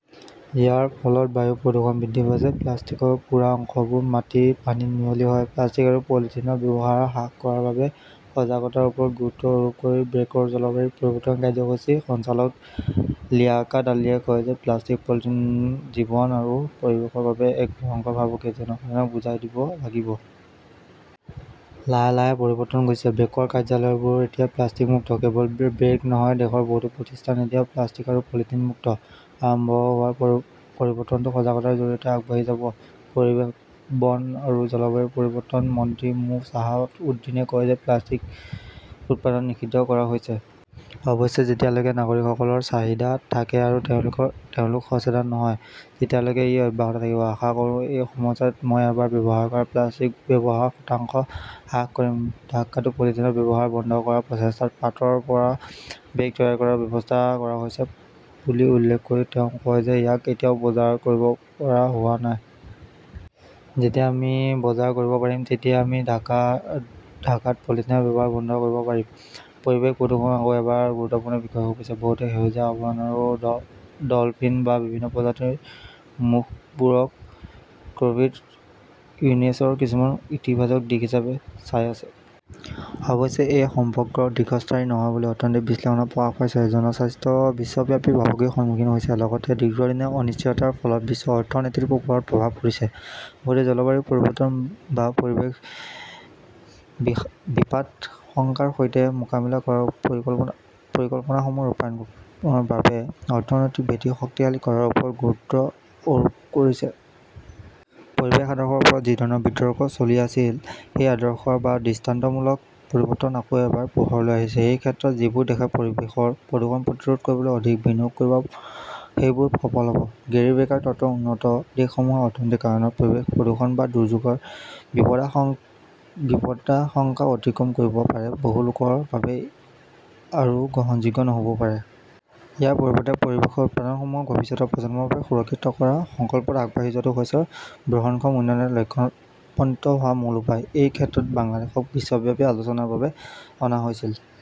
ইয়াৰ ফলত বায়ু প্ৰদূষণ বৃদ্ধি পাইছে। প্লাষ্টিকৰ পোৰা অংশবোৰ মাটি পানী মিহলি হয়। প্লাষ্টিক আৰু পলিথিনৰ ব্যৱহাৰ হ্ৰাস কৰাৰ বাবে সজাগতাৰ ওপৰত গুৰুত্ব আৰোপ কৰি ব্ৰেকৰ জলবায়ু পৰিৱৰ্তন কাৰ্যসূচীৰ সঞ্চালক লিয়াকাত আলীয়ে কয় যে প্লাষ্টিক পলিথিন জীৱন আৰু পৰিৱেশৰ বাবে এক ভয়ংকৰ ভাবুকি, জনসাধাৰণক বুজাই দিব লাগিব। লাহে লাহে পৰিৱৰ্তন ঘটিছে। ব্ৰেকৰ কাৰ্যালয়বোৰ এতিয়া প্লাষ্টিক মুক্ত। কেৱল ব্ৰেক নহয়, দেশৰ বহুতো প্ৰতিষ্ঠান এতিয়া প্লাষ্টিক আৰু পলিথিন মুক্ত। আৰম্ভ হোৱা পৰিৱৰ্তনটো সজাগতাৰ জৰিয়তে আগবাঢ়ি যাব। পৰিৱেশ, বন আৰু জলবায়ু পৰিৱৰ্তন মন্ত্ৰী মো শ্বাহাব উদ্দিনে কয় যে প্লাষ্টিক উৎপাদন নিষিদ্ধ কৰা হৈছে। অৱশ্যে, যেতিয়ালৈকে নাগৰিকসকলৰ চাহিদা থাকে আৰু তেওঁলোকৰ তেওঁলোক সচেতন নহয়, তেতিয়ালৈকে ই অব্যাহত থাকিব। আশা কৰোঁ এই সময়ছোৱাত মই এবাৰ ব্যৱহাৰ কৰা প্লাষ্টিক ব্যৱহাৰ শতাংশ হ্ৰাস কৰিম। ঢাকাতো পলিথিনৰ ব্যৱহাৰ বন্ধ কৰাৰ প্ৰচেষ্টাত পাটৰ পৰা বেগ তৈয়াৰ কৰাৰ ব্যৱস্থা কৰা হৈছে বুলি উল্লেখ কৰি তেওঁ কয় যে ইয়াক এতিয়াও বজাৰ কৰিব পৰা হোৱা নাই। যেতিয়া আমি বজাৰ কৰিব পাৰিম, তেতিয়া আমি ঢাকা ঢাকাত পলিথিনৰ ব্যৱহাৰ বন্ধ কৰিব পাৰিম। পৰিৱেশ প্ৰদূষণ আকৌ এবাৰ গুৰুত্বপূৰ্ণ বিষয় হৈ পৰিছে। বহুতে সেউজীয়া আৱৰণ আৰু ড ডলফিন বা বিভিন্ন প্ৰজাতিৰ মুখবোৰক ক'ভিড ইনৈছৰ কিছুমান ইতিবাচক দিশ হিচাপে চাই আছে। অৱশ্যে, এই সম্পৰ্ক দীৰ্ঘস্থায়ী নহয় বুলি অৰ্থনৈতিক বিশ্লেষণত প্ৰকাশ পাইছে। জনস্বাস্থ্য বিশ্বব্যাপী ভাবুকিৰ সন্মুখীন হৈছে, লগতে দীৰ্ঘদিনীয়া অনিশ্চয়তাৰ ফলত বিশ্ব অৰ্থনীতিৰ ওপৰত প্ৰভাৱ পৰিছে। বহুতে জলবায়ু পৰিৱৰ্তন বা পৰিৱেশৰ বিপাদশংকাৰ সৈতে মোকাবিলা কৰাৰ পৰিকল্পনাসমূহ ৰূপায়ণৰ বাবে অৰ্থনৈতিক ভেটি শক্তিশালী কৰাৰ ওপৰত গুৰুত্ব অৰোপ কৰিছে। পৰিৱেশৰ আদৰ্শৰ ওপৰত যি ধৰণৰ বিতৰ্ক চলি আছিল, সেই আদৰ্শ বা দৃষ্টান্তমূলক পৰিৱৰ্তন আকৌ এবাৰ পোহৰলৈ আহিছে। এই ক্ষেত্ৰত যিবোৰ দেশে পৰিৱেশৰ প্ৰদূষণ প্ৰতিৰোধ কৰিবলৈ অধিক বিনিয়োগ কৰিব, সেইবোৰ সফল হ’ব। গেৰী বেকাৰ তত্ত্ব উন্নত দেশসমূহে অৰ্থনৈতিক কাৰণত পৰিৱেশ প্ৰদূষণ বা দুৰ্যোগৰ বিপদাশ বিপদাশংকা অতিক্ৰম কৰিব পাৰে বহু লোকৰ বাবে আৰু গ্ৰহণযোগ্য নহ'বও পাৰে। ইয়াৰ পৰিৱৰ্তে, পৰিৱেশৰ উপাদানসমূহক ভৱিষ্যতৰ প্ৰজন্মৰ বাবে সুৰক্ষিত কৰাৰ সংকল্পত আগবাঢ়ি যোৱাটো হৈছে বহনক্ষম উন্নয়নৰ লক্ষ্যত উপনীত হোৱাৰ মূল উপায়। এই ক্ষেত্ৰত বাংলাদেশক বিশ্বব্যাপী আলোচনাৰ বাবে অনা হৈছিল।